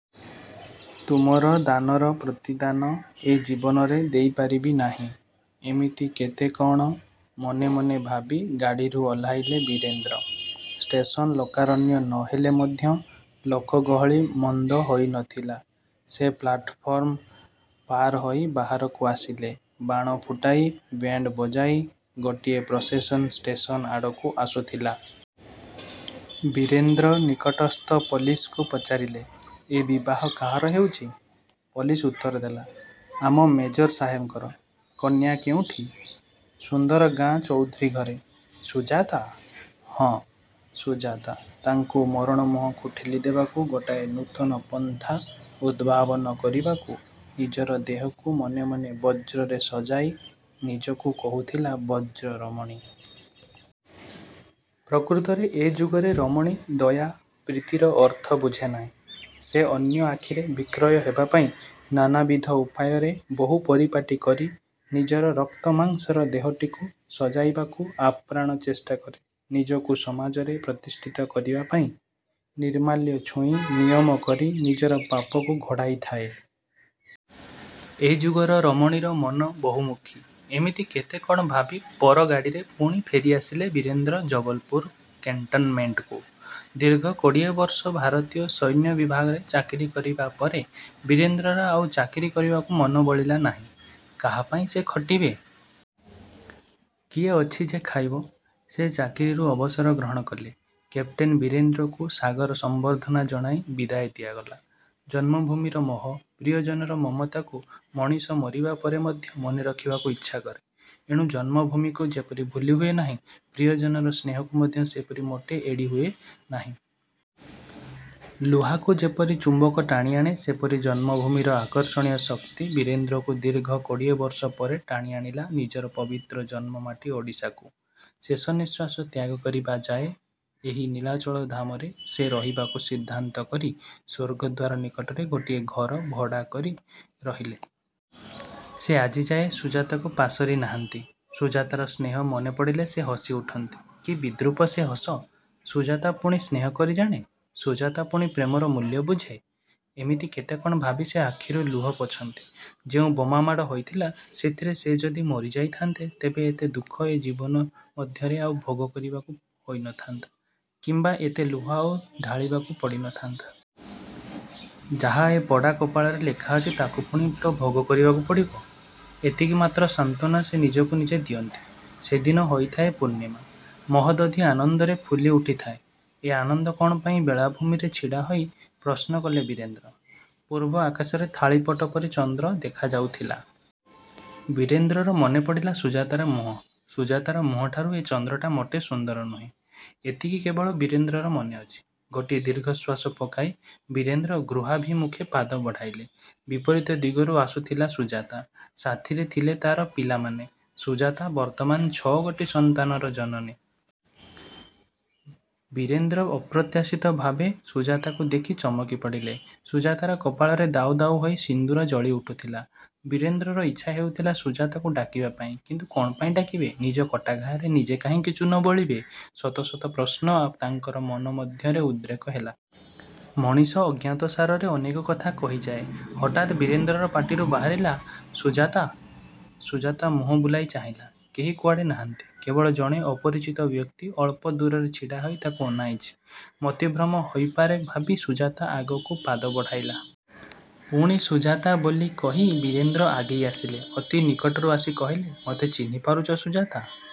ତୁମର ଦାନର ପ୍ରତିଦାନ ଏ ଜୀବନରେ ଦେଇପାରିବି ନାହିଁ। '' ଏମିତି କେତେ କ'ଣ ମନେମନେ ଭାବି ଗାଡ଼ିରୁ ଓହ୍ଲାଇଲେ ବୀରେନ୍ଦ୍ର। ଷ୍ଟେସନ୍ ଲୋକାରଣ୍ୟ ନ ହେଲେ ମଧ୍ୟ ଲୋକଗହଳି ମନ୍ଦ ହୋଇନଥିଲା। ସେ ପ୍ଲାଟ୍ଫର୍ମ ପାର ହୋଇ ବାହାରକୁ ଆସିଲେ। ବାଣ ଫୁଟାଇ, ବ୍ୟାଣ୍ଡ ବଜାଇ ଗୋଟିଏ ପ୍ରସେସନ୍ ଷ୍ଟେସନ୍ ଆଡ଼କୁ ଆସୁଥିଲା। ବୀରେନ୍ଦ୍ର ନିକଟସ୍ଥ ପୋଲିସକୁ ପଚାରିଲେ, ''ଏ ବିବାହ କାହାର ହେଉଛି? '' ପୋଲିସ ଉତ୍ତର ଦେଲା ''ଆମ ମେଜର ସାହେବଙ୍କର। '' ''କନ୍ୟା କେଉଁଠି? '' ''ସୁନ୍ଦର ଗାଁ ଚୌଧୁରୀ ଘରେ। '' ''ସୁଜାତା? '' ହଁ, ସୁଜାତା ତାଙ୍କୁ ମରଣ ମୁହଁକୁ ଠେଲିଦେବାକୁ ଗୋଟାଏ ନୂତନ ପନ୍ଥା ଉଦ୍ଭାବନ କରିବାକୁ ନିଜର ଦେହକୁ ମନେମନେ ବଜ୍ରରେ ସଜାଇ ନିଜକୁ କହୁଥିଲା ବଜ୍ରରମଣୀ! ପ୍ରକୃତରେ ଏ ଯୁଗରେ ରମଣୀ ଦୟା, ପ୍ରୀତିର ଅର୍ଥ ବୁଝେ ନାହିଁ। ସେ ଅନ୍ୟ ଆଖିରେ ବିକ୍ରୟ ହେବାପାଇଁ ନାନାବିଧ ଉପାୟରେ ବହୁ ପରିପାଟୀ କରି ନିଜର ରକ୍ତମାଂସର ଦେହଟିକୁ ସଜାଇବାକୁ ଆପ୍ରାଣ ଚେଷ୍ଟା କରେ। ନିଜକୁ ସମାଜରେ ପ୍ରତିଷ୍ଠିତ କରିବା ପାଇଁ ନିର୍ମାଲ୍ୟ ଛୁଇଁ ନିୟମ କରି ନିଜର ପାପକୁ ଘୋଡ଼ାଇଥାଏ। ଏ ଯୁଗର ରମଣୀର ମନ ବହୁମୁଖୀ। ଏମିତି କେତେ କ'ଣ ଭାବି ପର ଗାଡ଼ିରେ ପୁଣି ଫେରିଆସିଲେ ବୀରେନ୍ଦ୍ର ଜବଲପୁର କେଣ୍ଟନମେଣ୍ଟକୁ। ଦୀର୍ଘ କୋଡ଼ିଏ ବର୍ଷ ଭାରତୀୟ ସୈନ୍ୟ ବିଭାଗରେ ଚାକିରି କରିବା ପରେ ବୀରେନ୍ଦ୍ରର ଆଉ ଚାକିରି କରିବାକୁ ମନ ବଳିଲା ନାହିଁ। କାହାପାଇଁ ସେ ଖଟିବେ? କିଏ ଅଛି ଯେ ଖାଇବ? ସେ ଚାକିରିରୁ ଅବସର ଗ୍ରହଣ କଲେ। କ୍ୟାପଟେନ୍ ବୀରେନ୍ଦ୍ରକୁ ସାଗର ସମ୍ବର୍ଦ୍ଧନା ଜଣାଇ ବିଦାୟ ଦିଆଗଲା। ଜନ୍ମଭୂମିର ମୋହ, ପ୍ରିୟଜନର ମମତାକୁ ମଣିଷ ମରିବା ପରେ ମଧ୍ୟ ମନେରଖିବାକୁ ଇଚ୍ଛାକରେ। ଏଣୁ ଜନ୍ମଭୂମିକୁ ଯେପରି ଭୁଲି ହୁଏ ନାହିଁ, ପ୍ରିୟଜନର ସ୍ନେହକୁ ମଧ୍ୟ ସେହିପରି ମୋଟେ ଏଡ଼ିଦେଇ ହୁଏ ନାହିଁ। ଲୁହାକୁ ଯେପରି ଚୁମ୍ବକ ଟାଣିଆଣେ, ସେହିପରି ଜନ୍ମଭୂମିର ଆକର୍ଷଣୀ ଶକ୍ତି ବୀରେନ୍ଦ୍ରକୁ ଦୀର୍ଘ କୋଡ଼ିଏ ବର୍ଷ ପରେ ଟାଣିଆଣିଲା ନିଜର ପବିତ୍ର ଜନ୍ମମାଟି ଓଡ଼ିଶାକୁ। ଶେଷନିଶ୍ୱାସ ତ୍ୟାଗ କରିବା ଯାଏ ଏହି ନୀଳାଚଳ ଧାମରେ ସେ ରହିବାକୁ ସିଦ୍ଧାନ୍ତ କରି ସ୍ୱର୍ଗଦ୍ୱାର ନିକଟରେ ଗୋଟିଏ ଘର ଭଡ଼ାକରି ରହିଲେ। ସେ ଆଜିଯାଏ ସୁଜାତାକୁ ପାଶୋରି ନାହାନ୍ତି। ସୁଜାତାର ସ୍ନେହ ମନେପଡ଼ିଲେ ସେ ହସିଉଠନ୍ତି। କି ବିଦ୍ରୂପ ସେ ହସ? ସୁଜାତା ପୁଣି ସ୍ନେହ କରି ଜାଣେ? ସୁଜାତା ପୁଣି ପ୍ରେମର ମୂଲ୍ୟ ବୁଝେ? ଏମିତି କେତେ କ'ଣ ଭାବି ସେ ଆଖିରୁ ଲୁହ ପୋଛନ୍ତି। ଯେଉଁ ବୋମାମାଡ଼ ହୋଇଥିଲା, ସେଥିରେ ସେ ଯଦି ମରିଯାଇଥାନ୍ତେ ତେବେ ଏତେ ଦୁଃଖ ଏ ଜୀବନ ମଧ୍ୟରେ ଆଉ ଭୋଗ କରିବାକୁ ହୋଇନଥାନ୍ତା କିମ୍ବା ଏତେ ଲୁହ ଆଉ ଢାଳିବାକୁ ପଡ଼ିନଥାନ୍ତା। ଯାହା ଏ ପୋଡ଼ା କପାଳରେ ଲେଖାଅଛି ତାକୁ ପୁଣି ତ ଭୋଗ କରିବାକୁ ପଡ଼ିବ। ଏତିକି ମାତ୍ର ସାନ୍ତ୍ୱନା ସେ ନିଜକୁ ନିଜେ ଦିଅନ୍ତି। ସେଦିନ ହୋଇଥାଏ ପୂର୍ଣ୍ଣିମା। ମହୋଦଧି ଆନନ୍ଦରେ ଫୁଲିଉଠିଥାଏ। ଏ ଆନନ୍ଦ କ'ଣ ପାଇଁ ବେଳାଭୂମିରେ ଛିଡ଼ାହୋଇ ପ୍ରଶ୍ନକଲେ ବୀରେନ୍ଦ୍ର। ପୂର୍ବ ଆକାଶରେ ଥାଳିପଟ ପରି ଚନ୍ଦ୍ର ଦେଖାଯାଉଥିଲା। ବୀରେନ୍ଦ୍ରର ମନେପଡ଼ିଲା ସୁଜାତାର ମୁହଁ। ସୁଜାତାର ମୁହଁଠାରୁ ଏ ଚନ୍ଦ୍ରଟା ମୋଟେ ସୁନ୍ଦର ନୁହେଁ, ଏତିକି କେବଳ ବୀରେନ୍ଦ୍ରର ମନେଅଛି। ଗୋଟିଏ ଦୀର୍ଘଶ୍ୱାସ ପକାଇ ବୀରେନ୍ଦ୍ର ଗୃହାଭିମୁଖେ ପାଦ ବଢ଼ାଇଲେ। ବିପରୀତ ଦିଗରୁ ଆସୁଥିଲା ସୁଜାତା। ସାଥୀରେ ଥିଲେ ତା'ର ପିଲାମାନେ। ସୁଜାତା ବର୍ତ୍ତମାନ ଛଅଗୋଟି ସନ୍ତାନର ଜନନୀ। ବୀରେନ୍ଦ୍ର ଅପ୍ରତ୍ୟାଶିତ ଭାବେ ସୁଜାତାକୁ ଦେଖି ଚମକିପଡ଼ିଲେ। ସୁଜାତାର କପାଳରେ ଦାଉ ଦାଉ ହୋଇ ସିନ୍ଦୂର ଜଳିଉଠୁଥିଲା। ବୀରେନ୍ଦ୍ରର ଇଚ୍ଛା ହେଉଥିଲା ସୁଜାତାକୁ ଡାକିବା ପାଇଁ; କିନ୍ତୁ କ'ଣ ପାଇଁ ଡାକିବେ? ନିଜ କଟାଘାଆରେ ନିଜେ କାହିଁକି ଚୂନ ବୋଳିବେ? ଶତ ଶତ ପ୍ରଶ୍ନ ତାଙ୍କର ମନ ମଧ୍ୟରେ ଉଦ୍ରେକ ହେଲା। ମଣିଷ ଅଜ୍ଞାତସାରରେ ଅନେକ କଥା କରିଯାଏ। ହଠାତ୍ ବୀରେନ୍ଦ୍ରର ପାଟିରୁ ବାହାରିଲା ''ସୁଜାତା''। ସୁଜାତା ମୁହଁ ବୁଲାଇ ଚାହିଁଲା। କେହି କୁଆଡ଼େ ନାହାନ୍ତି। କେବଳ ଜଣେ ଅପରଚିତ ବ୍ୟକ୍ତି ଅଳ୍ପ ଦୂରରେ ଛିଡ଼ାହୋଇ ତାକୁ ଅନାଇଛି। ମତିଭ୍ରମ ହୋଇପାରେ ଭାବି ସୁଜାତା ଆଗକୁ ପାଦ ବଢ଼ାଇଲା। ପୁଣି ''ସୁଜାତା'' ବୋଲି କହି ବୀରେନ୍ଦ୍ର ଆଗେଇ ଆସିଲେ। ଅତି ନିକଟକୁ ଆସି କହିଲେ, ''ମୋତେ ଚିହ୍ନି ପାରୁଛ ସୁଜାତା''?